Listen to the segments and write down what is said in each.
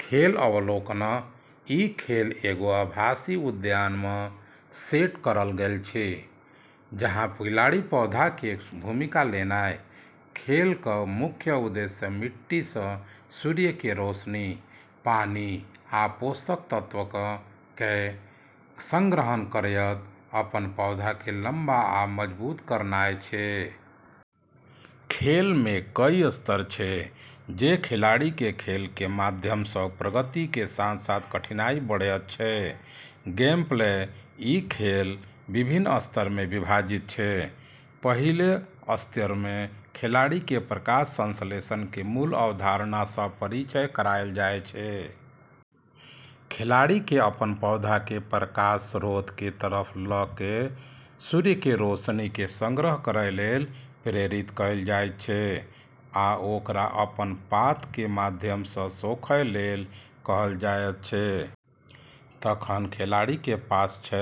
खेल अवलोकन: ई खेल एगो आभासी उद्यान मऽ सेट करलऽ गेलऽ छै जहाँ खिलाड़ी पौधा के भूमिका लेनाय । खेलक मुख्य उद्देश्य मिट्टी सऽ सूर्य के रोशनी, पानी, आ पोषक तत्वक कें संग्रहण करयत अपन पौधा के लंबा आ मजबूत करनाय छै। खेल मे कई स्तर छै जे खिलाड़ी के खेल के माध्यम सऽ प्रगति के साथ-साथ कठिनाई बढ़यत छै। गेमप्ले: ई खेल विभिन्न स्तर में विभाजित छै। पहिल स्तर में खिलाड़ी के प्रकाश संश्लेषण के मूल अवधारणा स परिचय करायल जाय छै। खिलाड़ी के अपन पौधा के प्रकाश स्रोत के तरफ ल क सूर्य के रोशनी के संग्रह करय लेल प्रेरित कयल जाइत छै आ ओकरा अपन पात के माध्यम स सोखय लेल कहल जायत छै। तखन खिलाड़ी के पास छै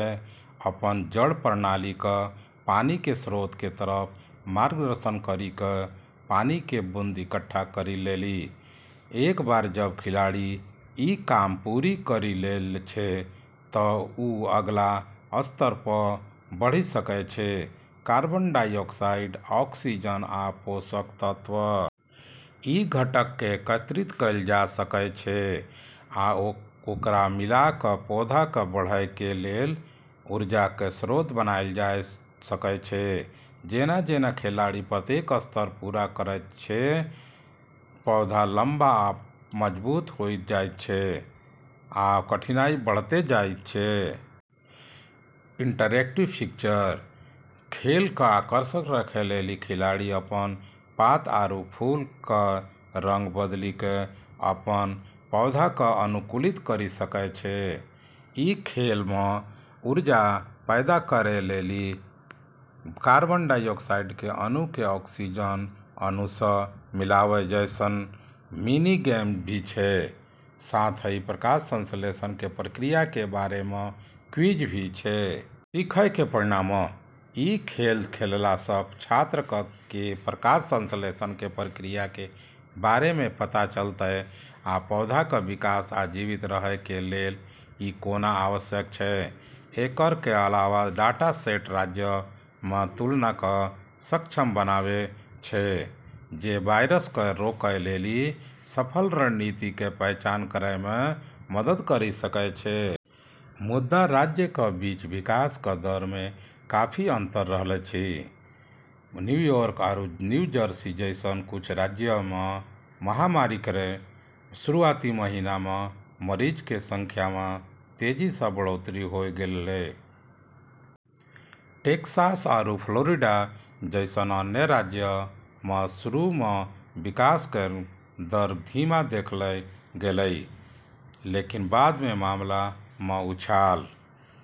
अपनऽ जड़ प्रणाली कऽ पानी के स्रोत के तरफ मार्गदर्शन करी कऽ पानी के बूंद इकट्ठा करै लेली। एक बार जब खिलाड़ी ई काम पूरा करी लै छै तऽ वू अगला स्तर पऽ बढ़ी सकै छै कार्बन डाइऑक्साइड, ऑक्सीजन, आ पोषक तत्व। इ घटक के एकत्रित कैल जा सकएय छै आ ओकरा मिला क पौधाक बढ़एय के लेल ऊर्जा के स्रोत बनायल जा सकएय छै। जेना-जेना खिलाड़ी प्रत्येक स्तर पूरा करैत अछि, पौधा लंबा आ मजबूत होइत जाइत अछि, आ कठिनाई बढ़ैत जाइत अछि। इंटरैक्टिव फीचर: खेल कऽ आकर्षक रखै लेली खिलाड़ी अपनऽ पात आरू फूलऽ के रंग बदली कऽ अपनऽ पौधा कऽ अनुकूलित करी सकै छै। ई खेल मऽ ऊर्जा पैदा करै लेली कार्बन डाइऑक्साइड के अणु क॑ ऑक्सीजन अणु सऽ मिलाबै जैसनऽ मिनी गेम भी छै, साथ ही प्रकाश संश्लेषण के प्रक्रिया के बारे मऽ क्विज भी छै। सीखय के परिणाम: इ खेल खेलला सऽ छात्रक के प्रकाश संश्लेषण के प्रक्रिया के बारे मे पता चलतय आ पौधाक विकास आ जीवित रहय के लेल इ कोना आवश्यक छै ।एकरऽ अलावा, डाटा सेट राज्यऽ मऽ तुलना कऽ सक्षम बनाबै छै, जे वायरस कऽ रोकै लेली सफल रणनीति के पहचान करै मऽ मदद करी सकै छै। मुदा राज्य क बीच विकास क दर मे काफी अंतर रहल अछि। न्यूयॉर्क आरू न्यू जर्सी जैसनऽ कुछ राज्यऽ मऽ महामारी केरऽ शुरुआती महीना मऽ मरीजऽ के संख्या मऽ तेजी सऽ बढ़ोत्तरी होय गेलै। टेक्सास आरू फ्लोरिडा जैसनऽ अन्य राज्यऽ मऽ शुरू मऽ विकास केरऽ दर धीमा देखलऽ गेलै, लेकिन बाद मे मामला मऽ उछाल ।